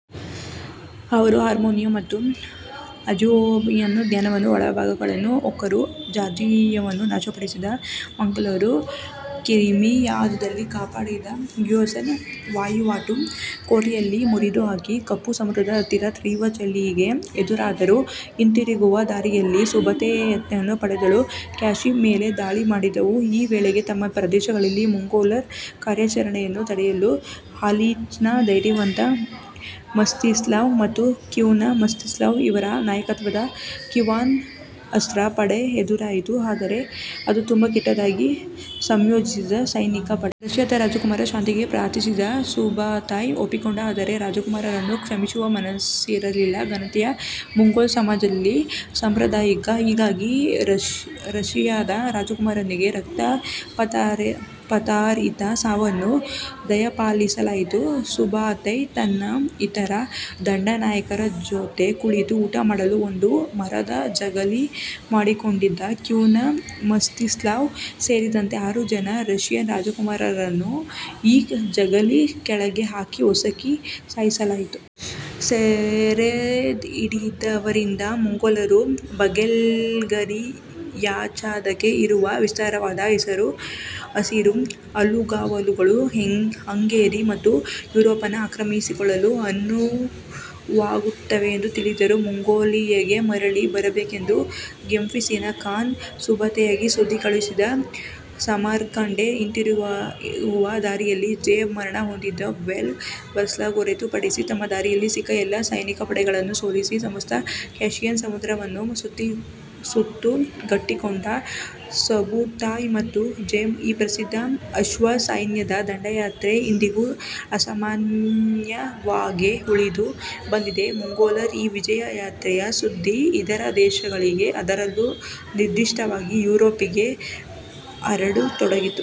ಅವರು ಆರ್ಮೇನಿಯಾ ಮತ್ತು ಅಝೆರ್ಬೈಜಾನ್ನ ಒಳಭಾಗಗಳನ್ನು ಹೊಕ್ಕರು. ಜಾರ್ಜಿಯಾವನ್ನು ನಾಶಪಡಿಸಿದ ಮಂಗೋಲರು ಕ್ರಿಮಿಯಾದಲ್ಲಿ ಕಾಫಾದ ಗಿನೋಯಿಸ್ ವಹಿವಾಟು ಕೋಟೆಯನ್ನು ಮುರಿದು ಹಾಕಿ ಕಪ್ಪು ಸಮುದ್ರದ ಹತ್ತಿರ ತೀವ್ರ ಚಳಿಗೆ ಎದುರಾದರು. ಹಿಂತಿರುಗುವ ದಾರಿಯಲ್ಲಿ ಸುಬುತಾಯ್ನ ಪಡೆಗಳು ಕಿಪ್ಚಕ್ ಮೇಲೆ ದಾಳಿ ಮಾಡಿದವು, ಈ ವೇಳೆಗೆ ತಮ್ಮ ಪ್ರದೇಶದಲ್ಲಿ ಮಂಗೋಲರ ಕಾರ್ಯಾಚರಣೆಯನ್ನು ತಡೆಯಲು ಹಾಲಿಚ್ನ ಧೈರ್ಯವಂತ ಮಸ್ತಿಸ್ಲಾವ್ ಮತ್ತು ಕೀವ್ನ ಮಸ್ತಿಸ್ಲಾವ್ ಇವರ ನಾಯಕತ್ವದ ಕೀವನ್ ರಸ್ರ ಪಡೆ ಎದುರಾಯಿತು, ಆದರೆ ಅದು ತುಂಬಾ ಕೆಟ್ಟದಾಗಿ ಸಂಯೋಜಿಸಿದ್ದ ಸೈನಿಕ ಪಡೆ. ರಷಿಯಾದ ರಾಜಕುಮಾರ ಶಾಂತಿಗಾಗಿ ಪ್ರಾರ್ಥಿಸಿದ. ಸುಬುತಾಯ್ ಒಪ್ಪಿಕೊಂಡ ಆದರೆ ರಾಜಕುಮಾರನನ್ನು ಕ್ಷಮಿಸುವ ಮನಸ್ಸಿರಲಿಲ್ಲ. ಘನತೆಯ ಮಂಗೋಲ್ ಸಮಾಜದಲ್ಲಿ ಸಾಂಪ್ರದಾಯಿಕ, ಹೀಗಾಗಿ ರಷಿಯಾದ ರಾಜಕುಮಾರನಿಗೆ ರಕ್ತಪಾತರಹಿತ ಸಾವನ್ನು ದಯಪಾಲಿಸಲಾಯಿತು. ಸುಬುತಾಯ್ ತನ್ನ ಇತರೆ ದಂಡನಾಯಕರ ಜೊತೆ ಕುಳಿತು ಊಟ ಮಾಡಲು ಒಂದು ಮರದ ಜಗಲಿ ಮಾಡಿಕೊಂಡಿದ್ದ. ಕೀವ್ನ ಮಸ್ತಿಸ್ಲಾವ್ ಸೇರಿದಂತೆ ಆರು ಜನ ರಷಿಯನ್ ರಾಜಕುಮಾರರನ್ನು ಈ ಜಗಲಿಯ ಕೆಳಗೆ ಹಾಕಿ ಒಸಕಿ ಸಾಯಿಸಲಾಯಿತು. ಸೆರೆಹಿಡಿದವರಿಂದ ಮಂಗೋಲರು ಬಲ್ಗೇರಿಯಾದಾಚೆಗೆ ಇರುವ ವಿಸ್ತಾರವಾದ ಹಸಿರು ಹುಲ್ಲುಗಾವಲುಗಳು ಹಂಗೇರಿ ಮತ್ತು ಯೂರೋಪನ್ನು ಆಕ್ರಮಿಸಿಕೊಳ್ಳಲು ಅನುವಾಗುತ್ತವೆಂದು ತಿಳಿದರು. ಮಂಗೋಲಿಯಾಗೆ ಮರಳಿ ಬರಬೇಕೆಂದು ಗೆಂಘಿಸ್ ಖಾನ್ ಸುಬುತಾಯ್ಗೆ ಸುದ್ದಿ ಕಳುಹಿಸಿದ, ಸಮರ್ಕಂಡ್ಗೆ ಹಿಂತಿರುಗುವ ದಾರಿಯಲ್ಲಿ ಜೆಬ್ ಮರಣ ಹೊಂದಿದ. ವೊಲ್ಗಾ ಬಲ್ಗರ್ಸ್ ಹೊರತು ಪಡಿಸಿ ತಮ್ಮ ದಾರಿಯಲ್ಲಿ ಸಿಕ್ಕ ಎಲ್ಲಾ ಸೈನಿಕಪಡೆಗಳನ್ನು ಸೋಲಿಸಿ ಸಮಸ್ತ ಕ್ಯಾಸ್ಪಿಯನ್ ಸಮುದ್ರವನ್ನು ಸುತ್ತುಗಟ್ಟಿಕೊಂಡ ಸುಬುತಾಯ್ ಮತ್ತು ಜೆಬ್ನ ಈ ಪ್ರಸಿದ್ಧ ಅಶ್ವಸೈನ್ಯದ ದಂಡಯಾತ್ರೆ ಇಂದಿಗೂ ಅಸಾಮಾನ್ಯವಾಗೇ ಉಳಿದು ಬಂದಿದೆ, ಮಂಗೋಲರ ಈ ವಿಜಯ ಯಾತ್ರೆಯ ಸುದ್ಧಿ ಇದರೆ ದೇಶಗಳಿಗೆ ಅದರಲ್ಲೂ ನಿರ್ಧಿಷ್ಟವಾಗಿ ಯೂರೋಪಿಗೆ ಹರಡತೊಡಗಿತು..